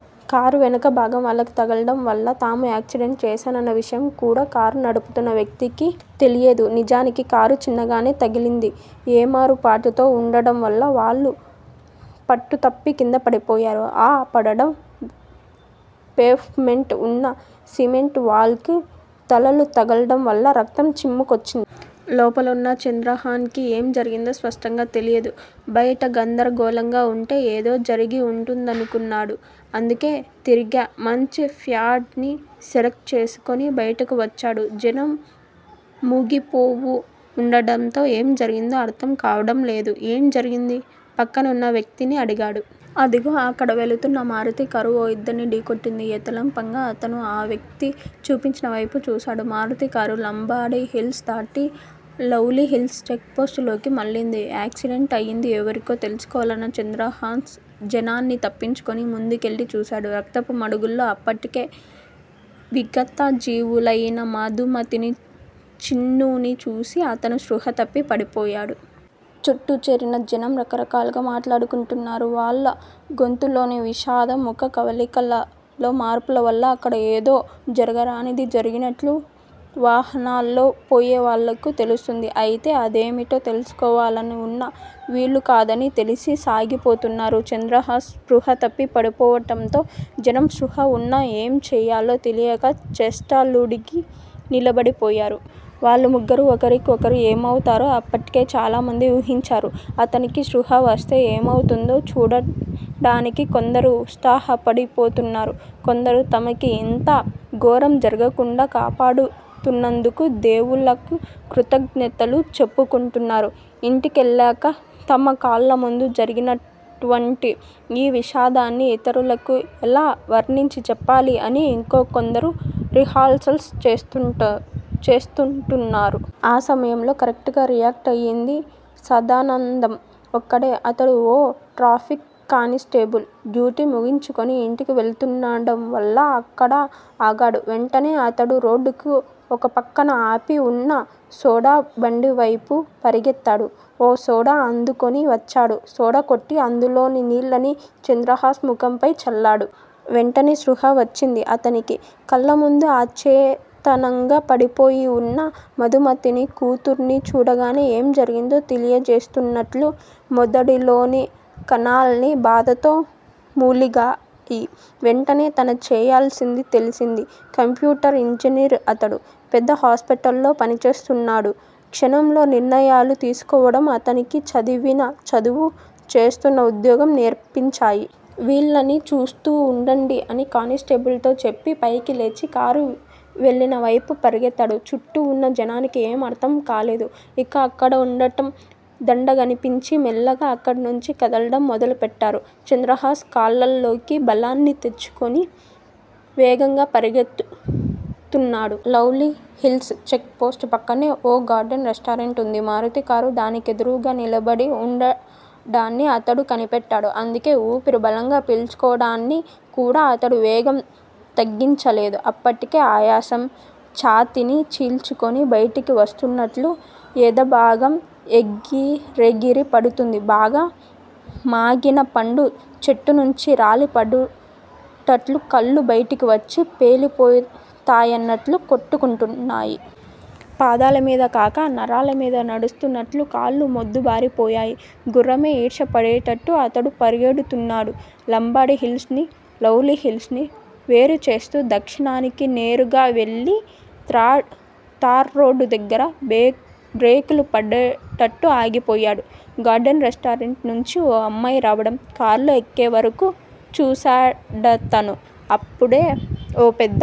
Car వెనుకభాగం వాళ్ళకు తగలడం వల్ల తాము యాక్సిడెంట్ చేశానన్న విషయం కూడా కారు నడుపుతున్న వ్యక్తికి తెలియదు. నిజానికి కారు చిన్నగానే తగిలింది. ఏమరుపాటుతో వుండడంవల్ల వాళ్ళు పట్టుతప్పి కిందపడిపోయారు. ఆ పడడం పేవ్ మెంట్ వున్న సిమెంట్ వాల్ కు తలలు తగలడంవల్ల రక్తం చిమ్ముకొచ్చింది. లోపలున్న చంద్రహాన్ కి ఏం జరిగిందో స్పష్టంగా తెలియదు. బయట గందరగోళంగా వుంటే ఏదో జరిగి వుంటుందనుకున్నాడు. అందుకే తీరిగ్గా మంచి ప్యాడ్ ని సెలెక్ట్ చేసుకుని బయటకు వచ్చాడు. జనం మూగిపోవు వుండడంతో ఏం జరిగిందో అర్థం కావడంలేదు. ఏం జరిగింది? పక్కనున్న వ్యక్తిని అడిగాడు. అదిగో- అక్కడ వెళుతున్న మారుతీకారు ఓ ఇద్దర్ని ఢీకొట్టింది యథాలాపంగా అతను ఆ వ్యక్తి చూపించినవైపు చూశాడు. మారుతీకారు లంబాడీ హిల్స్ దాటి లవ్లీ హిల్స్ చెక్ పోస్ట్ లోకి మళ్ళింది. యాక్సిడెంట్ అయింది ఎవరికో తెలుసుకోవాలని చంద్రహాస్ జనాన్ని తప్పించుకుని ముందుకెళ్ళి చూశాడు. రక్తపు మడుగులో అప్పటికే విగతజీవులయిన మధుమతిని, చిన్నూని చూసి అతను స్పృహ తప్పి పడిపోయాడు. చుట్టూ చేరిన జనం రకరకాలుగా మాట్లాడుకుంటున్నారు. వాళ్ళ గొంతుల్లోని విషాదం, ముఖకవళికలలో మార్పులవల్ల అక్కడ ఏదో జరగరానిది జరిగినట్లు వాహనాల్లో పోయేవాళ్ళకు తెలుస్తుంది. అయితే అదేమిటో తెలుసుకోవాలని వున్నా వీలుకాదని తెలిసి సాగిపోతున్నారు. చంద్రహాస్ స్పృహ తప్పి పడిపోవడంతో జనం స్పృహ వున్నా ఏం చేయాలో తెలియక చేష్టలుడిగి నిలబడిపోయారు. వాళ్ళు ముగ్గురూ ఒకరికి ఒకరు ఏమవుతారో అప్పటికే చాలామంది ఊహించారు. అతనికి స్పృహ వస్తే ఏమవుతుందో చూడడానికి కొందరు ఉత్సాహపడిపోతున్నారు. కొందరు తమకి ఇంత ఘోరం జరగకుండా కాపాడుతున్నందుకు దేవుళ్ళకు కృతజ్ఞతలు చెప్పుకుంటున్నారు. ఇంటికెళ్ళాక తమ కళ్ళముందు జరిగినటువంటి ఈ విషాదాన్ని ఇతరులకు ఎలా వర్ణించి చెప్పాలా అని ఇంకొందరు రిహార్సల్స్ చేసుకుంటున్నారు. ఆ సమయంలో కరెక్టుగా రియాక్ట్ అయ్యింది సదానందం ఒక్కడే. అతను ఓ ట్రాఫిక్ కానిస్టేబుల్. డ్యూటీ ముగించుకుని ఇంటికి వెళుతున్నడంవల్లా అక్కడ ఆగాడు. వెంటనే అతను రోడ్డుకు ఓ పక్కన ఆపి వున్న సోడా బండివైపు పరుగెత్తాడు. ఓ సోడా అందుకుని వచ్చాడు. సోడా కొట్టి, అందులోని నీళ్ళని చంద్రహాస్ ముఖంపై చల్లాడు. వెంటనే స్పృహ వచ్చింది అతనికి. కళ్ళముందు అచేతనంగా పడిపోయి వున్న మధుమతినీ, కూతుర్నీ చూడగానే ఏం జరిగిందో తెలియజేస్తున్నట్లు మెదడులోని కణాలన్నీ బాధతో మూలిగాయి. వెంటనే తన చేయాల్సింది తెలిసింది. కంప్యూటర్ ఇంజనీర్ అతడు. పెద్ద హాస్పిటల్ లో పనిచేస్తున్నాడు. క్షణంలో నిర్ణయాలు తీసుకోవడం అతనికి చదివిన చదువు, చేస్తున్న ఉద్యోగం నేర్పించాయి. వీళ్ళని చూస్తూ వుండండి అని కానిస్టేబుల్ తో చెప్పి, పైకి లేచి కారు వెళ్ళిన వైపు పరుగెత్తాడు. చుట్టూ వున్న జనానికి ఏమీ అర్థం కాలేదు. ఇక అక్కడ వుండడం దండగనిపించి మెల్లగా అక్కడినుంచి కదలడం మొదలుపెట్టారు. చంద్రహాస్ కాళ్ళల్లోకి బలాన్ని తెచ్చుకుని వేగంగా పరిగెడుతున్నాడు. లవ్లీ హిల్స్ చెక్ పోస్టు పక్కనే ఓ గార్డెన్ రెస్టారెంటుంది. మారుతీ కారు దానికెదురుగ్గా నిలబడి వుండడాన్ని అతడు కనిపెట్టాడు. అందుకే ఊపిరి బలంగా పీల్చుకోవడాని క్కూడా అతడు వేగం తగ్గించలేదు. అప్పటికే ఆయాసం ఛాతీని చీల్చుకుని బయటికి వస్తున్నట్లు ఎదభాగం ఎగిరెగిరి పడుతుంది. బాగా మాగిన పండు చెట్టునుంచి రాలిపడ్డట్లు కళ్ళు బయటికి వచ్చి పేలిపోతాయన్నట్టు కొట్టుకుంటున్నాయి. పాదాలమీద కాక నరాలమీద నడుస్తున్నట్లు కాళ్ళు మొద్దుబారిపోయాయి. గుర్రమే ఈర్ష్య పడేటట్టు అతడు పరిగెడుతున్నాడు. లంబాడీ హిల్స్ ని, లవ్లీ హిల్స్ ని వేరుచేస్తూ దక్షిణానికి నేరుగా వెళ్ళి తార్రోడు దగ్గర బ్రేకులు పడెటట్టు ఆగిపోయాడు, గార్డెన్ రెస్టారెంట్ నుంచి ఓ అమ్మాయి రావడం, కారులో ఎక్కేవరకు చూశాడతను. అప్పుడే ఓ పెద్ద